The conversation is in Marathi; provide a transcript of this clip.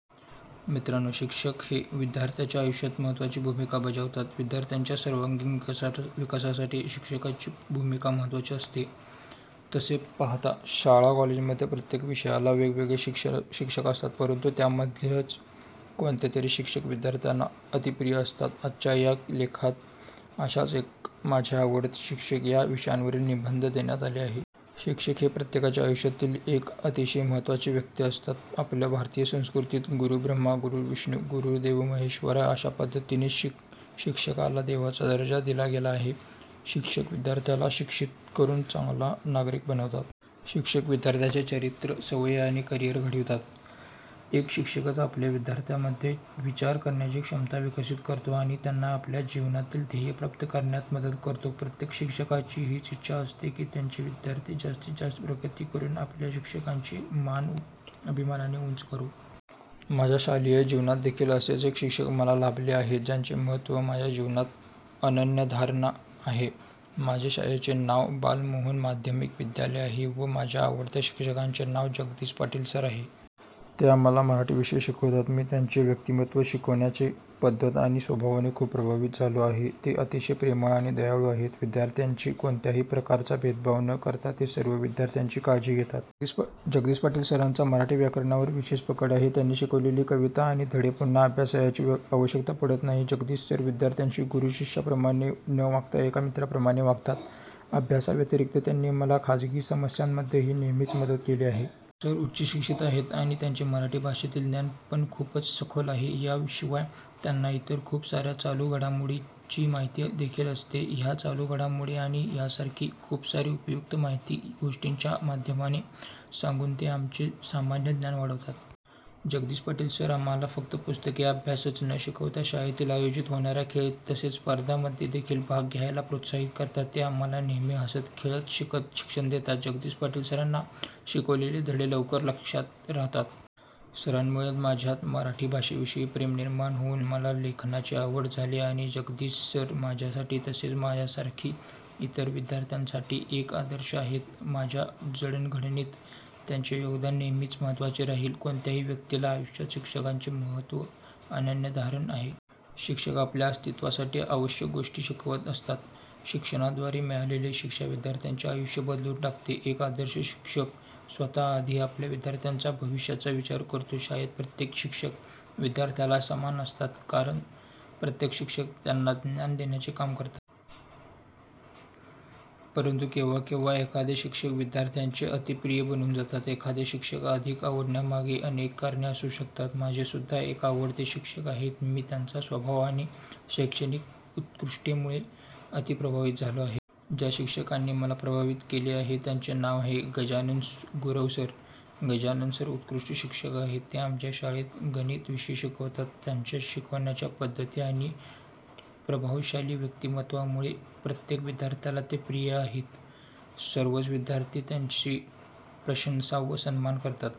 मित्रानो शिक्षक हे विद्यार्थ्यांच्या आयुष्यात महत्वाची भूमिका बजावतात. विद्यार्थ्यांच्या सर्वांगीण विकासासाठी शिक्षकाची भूमिका महत्वाची असते. तसे पाहता शाळा कॉलेजमध्ये प्रत्येक विषयाला वेगवेगळे शिक्षक असतात. परंतु त्यामधीलच कोणतेतरी शिक्षक विद्यार्थ्याना अतिप्रिय असतात. आजच्या या लेखात आशाच एका माझे आवडते शिक्षक या विषयावरील निबंध देण्यात आले आहेत. शिक्षक हे प्रत्येकाच्या आयुष्यातील एक अतिशय महत्त्वाचे व्यक्ती असतात. आपल्या भारतीय संस्कृतीत "गुरु ब्रह्मा गुरु विष्णु गुरु देवो महेश्वरा" अशा पद्धतीने शिक्षकाला देवाचा दर्जा दिला गेला आहे. शिक्षक विद्यार्थ्याला शिक्षित करून चांगला नागरिक बनवतात. शिक्षक विद्यार्थ्याचे चरित्र, सवयी आणि करिअर घडवितात. एक शिक्षकच आपल्या विद्यार्थ्यामध्ये विचार करण्याची क्षमता विकसित करतो. आणि त्यांना आपल्या जीवनातील ध्येय प्राप्त करण्यात मदत करतो. प्रत्येक शिक्षकाची हीच इच्छा असते की त्यांचे विद्यार्थी जास्तीत जास्त प्रगती करून आपल्या शिक्षकांची मान अभिमानाने उंच करो. माझ्या शालेय जीवनात देखील असेच एक शिक्षक मला लाभले आहेत, ज्यांचे महत्त्व माझ्या जीवनात अनन्यसाधारण आहे. माझे शाळेचे नाव बालमोहन माध्यमिक विद्यालय आहे व माझ्या आवडत्या शिक्षकांचे नाव जगदीश पाटील सर असे आहे. ते आम्हाला मराठी विषय शिकवतात. मी त्यांचे व्यक्तिमत्व, शिकवण्याची पद्धत आणि स्वभावाने खूप प्रभावित झालो आहे. ते अतिशय प्रेमळ आणि दयाळू आहेत. विद्यार्थ्यांमध्ये कोणत्याही प्रकारचा भेदभाव न करता ते सर्व विद्यार्थ्याची काळजी घेतात. जगदीश पाटील सरांची मराठी व्याकरणावर विशेष पकड आहे. त्यांनी शिकवलेली कविता आणि धडे पुन्हा अभ्यासायची आवश्यकता पडत नाही. जगदीश सर विद्यार्थ्यांशी गुरु शिष्याप्रमाणे न वागता एका मित्राप्रमाणे वागतात. अभ्यासाव्यतीरिक्त त्यांनी मला खाजगी समस्यामध्येही नेहमीच मदत केली आहे. सर उच्च शिक्षित आहेत आणि त्यांचे मराठी भाषेतील ज्ञान पण खूप सखोल आहे. या शिवाय त्यांना इतर खूप साऱ्या चालू घडामोडीची माहिती देखील असते. ह्या चालू घडामोडी आणि यासारखी खूपसारी उपयुक्त माहिती गोष्टींच्या माध्यमाने सांगून ते आमचे सामान्य ज्ञान वाढवतात. जगदीश पाटील सर आम्हाला फक्त पुस्तकी अभ्यासच न शिकवता शाळेत आयोजित होणाऱ्या खेळ तसेच स्पर्धा मध्ये देखील भाग घ्यायला प्रोत्साहित करतात. ते आम्हाला नेहमी हसत खेळत शिक्षण देतात. जगदीश पाटील सरांनी शिकवलेले धडे लवकर लक्षात रहातात. सरांमुळेच माझ्यात मराठी भाषेविषयी प्रेम निर्माण होऊन मला लेखनाची आवड लागली आहे. जगदीश सर माझ्यासाठी तसेच माझ्यासारखी इतर विद्यार्थ्यांसाठी एक आदर्श आहेत. माझ्या जडणघडणीत त्यांचे योगदान नेहमीच महत्वाचे राहील. कोणत्याही व्यक्तीच्या आयुष्यात शिक्षकांचे महत्व अनन्यसाधारण आहे. शिक्षक आपल्या अस्तित्वासाठी आवश्यक गोष्टी शिकवत असतात. शिक्षकाद्वारे मिळालेली शिक्षा विद्यार्थ्याचे आयुष्य बदलून टाकते. एक आदर्श शिक्षक स्वतः आधी आपल्या विद्यार्थ्याचा भविष्याचा विचार करतो. शाळेत प्रत्येक शिक्षक विद्यार्थ्याला समान असतात कारण प्रत्येक शिक्षक त्यांना ज्ञान देण्याचे काम करतात. परंतु केव्हा केव्हा एखादे शिक्षक विद्यार्थ्याचे अती प्रिय बनून जातात. एखादे शिक्षक अधिक आवडण्यामागे अनेक कारणे असू शकतात. माझे सुद्धा एक आवडते शिक्षक आहेत, मी त्यांचा स्वभाव आणि शैक्षणिक उत्कृष्टेमुळे अती प्रभावित झालो आहे. ज्या शिक्षकांनी मला प्रभावित केले आहे त्यांचे नाव आहे गजानन गुरव सर. गजानन सर उत्कृष्ट शिक्षक आहेत. ते आमच्या शाळेत गणित विषय शिकवतात. त्यांच्या शिकवण्याच्या पद्धती आणि प्रभावशाली व्यक्तिमत्वामुळे प्रत्येक विद्यार्थ्याला ते प्रिय आहेत. सर्वच विद्यार्थी त्यांची प्रशंसा व सन्मान करतात.